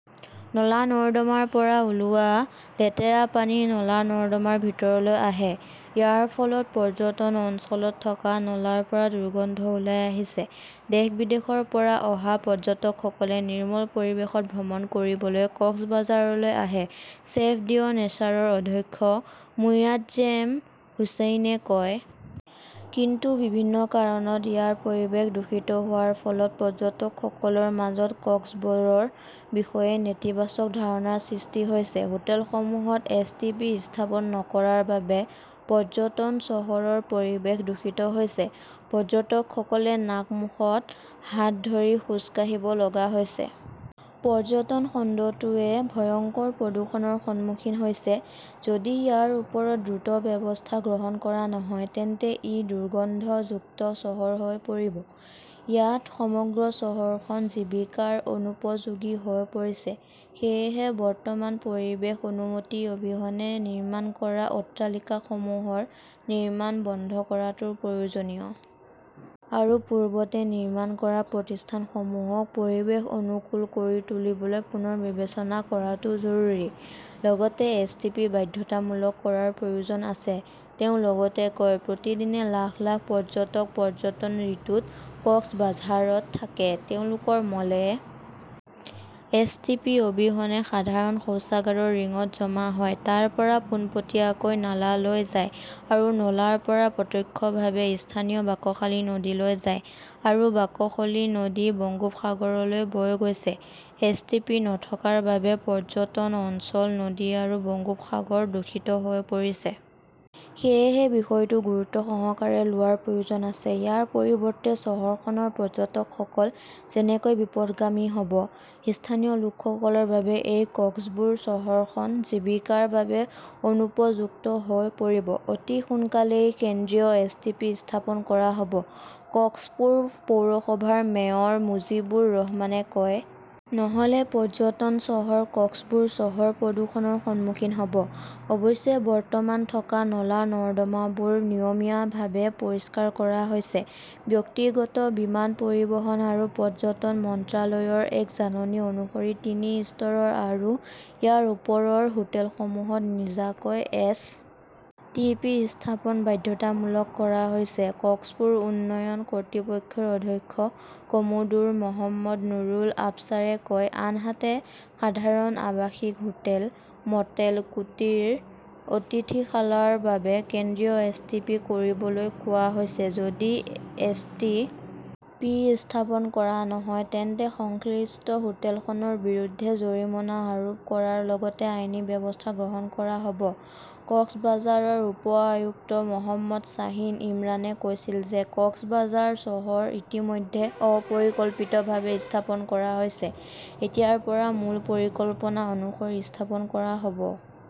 নলা-নৰ্দমাৰ পৰা ওলোৱা লেতেৰা পানী নলা-নৰ্দমাৰ ভিতৰলৈ আহে। ইয়াৰ ফলত পৰ্যটন অঞ্চলত থকা নলাৰ পৰা দুৰ্গন্ধ ওলাই আহিছে। দেশ-বিদেশৰ পৰা অহা পৰ্যটকসকলে নিৰ্মল পৰিৱেশত ভ্ৰমণ কৰিবলৈ কক্সবাজাৰলৈ আহে, চেভ দ্য নেচাৰৰ অধ্যক্ষ মোয়াজ্জেম হোছেইনে কয়। কিন্তু বিভিন্ন কাৰণত ইয়াৰ পৰিৱেশ দূষিত হোৱাৰ ফলত পৰ্যটকসকলৰ মাজত কক্সবৰৰ বিষয়ে নেতিবাচক ধাৰণাৰ সৃষ্টি হৈছে। হোটেলসমূহত এছ. টি. পি. স্থাপন নকৰাৰ বাবে পৰ্যটন চহৰৰ পৰিৱেশ দূষিত হৈছে। পৰ্যটকসকলে নাক-মুখত হাত ধৰি খোজ কাঢ়িব লগা হৈছে। পৰ্যটন খণ্ডটোৱে ভয়ংকৰ প্ৰদূষণৰ সন্মুখীন হৈছে। যদি ইয়াৰ ওপৰত দ্ৰুত ব্যৱস্থা গ্ৰহণ কৰা নহয় তেন্তে ই দুৰ্গন্ধযুক্ত চহৰ হৈ পৰিব। ইয়াত সমগ্ৰ চহৰখন জীৱিকাৰ অনুপযোগী হৈ পৰিছে। সেয়েহে, বৰ্তমান পৰিৱেশ অনুমতি অবিহনে নিৰ্মাণ কৰা অট্টালিকাসমূহৰ নিৰ্মাণ বন্ধ কৰাটো প্ৰয়োজনীয়। আৰু পূৰ্বতে নিৰ্মাণ কৰা প্ৰতিষ্ঠানসমূহক পৰিৱেশ অনুকূল কৰি তুলিবলৈ পুনৰ বিবেচনা কৰাটো জৰুৰী। লগতে এছ. টি. পি. বাধ্যতামূলক কৰাৰ প্ৰয়োজন আছে। তেওঁ লগতে কয়, প্ৰতিদিনে লাখ লাখ পৰ্যটক পৰ্যটন ঋতুত কক্সবাঝাৰত থাকে। তেওঁলোকৰ মল এ. এছ. টি. পি. অবিহনে সাধাৰণ শৌচাগাৰৰ ৰিঙত জমা হয়। তাৰ পৰা পোনপটীয়াকৈ নালালৈ যায়। আৰু নলাৰ পৰা প্ৰত্যক্ষভাৱে স্থানীয় বাঁকখালী নদীলৈ যায়। আৰু বাকখলী নদী বংগোপসাগৰলৈ বৈ গৈছে। এছ. টি. পি. নথকাৰ বাবে পৰ্যটন, অঞ্চল, নদী আৰু বংগোপসাগৰ দূষিত হৈ পৰিছে। সেয়েহে বিষয়টো গুৰুত্বসহকাৰে লোৱাৰ প্ৰয়োজন আছে। ইয়াৰ পৰিৱৰ্তে, চহৰখনৰ পৰ্যটকসকল যেনেকৈ বিপথগামী হ'ব, স্থানীয় লোকসকলৰ বাবে এই কক্সবুৰ চহৰখন জীৱিকাৰ বাবে অনুপযুক্ত হৈ পৰিব। অতি সোনকালেই কেন্দ্ৰীয় এছ. টি. পি. স্থাপন কৰা হ'ব, কক্সপুৰ পৌৰসভাৰ মেয়ৰ মুজিবুৰ ৰহমানে কয়। নহ'লে পৰ্যটন চহৰ কক্সবুৰ চহৰ প্ৰদূষণৰ সন্মুখীন হ'ব। অৱশ্যে, বৰ্তমান থকা নলা-নৰ্দমাবোৰ নিয়মীয়াভাৱে পৰিষ্কাৰ কৰা হৈছে। ব্যক্তিগত বিমান পৰিবহণ আৰু পৰ্যটন মন্ত্ৰালয়ৰ এক জাননী অনুসৰি তিনি স্তৰৰ আৰু ইয়াৰ ওপৰৰ হোটেলসমূহত নিজাকৈ এছ. টি. পি. স্থাপন বাধ্যতামূলক কৰা হৈছে, কক্সপুৰ উন্নয়ন কৰ্তৃপক্ষৰ অধ্যক্ষ কমোডোৰ মহম্মদ নুৰুল আবচাৰে কয়। আনহাতে, সাধাৰণ আৱাসিক হোটেল, মটেল, কুটিৰ, অতিথিশালাৰ বাবে কেন্দ্ৰীয় এছ. টি. পি. কৰিবলৈ কোৱা হৈছে। যদি এছ. টি. পি. স্থাপন কৰা নহয়, তেন্তে সংশ্লিষ্ট হোটেলখনৰ বিৰুদ্ধে জৰিমনা আৰোপ কৰাৰ লগতে আইনী ব্যৱস্থা গ্ৰহণ কৰা হ 'ব। কক্সবাজাৰৰ উপ-আয়ুক্ত মহম্মদ শ্বাহিন ইমৰানে কৈছিল যে কক্সবাজাৰ চহৰ ইতিমধ্যে অপৰিকল্পিতভাৱে স্থাপন কৰা হৈছে। এতিয়াৰ পৰা মূল পৰিকল্পনা অনুসৰি স্থাপন কৰা হ'ব।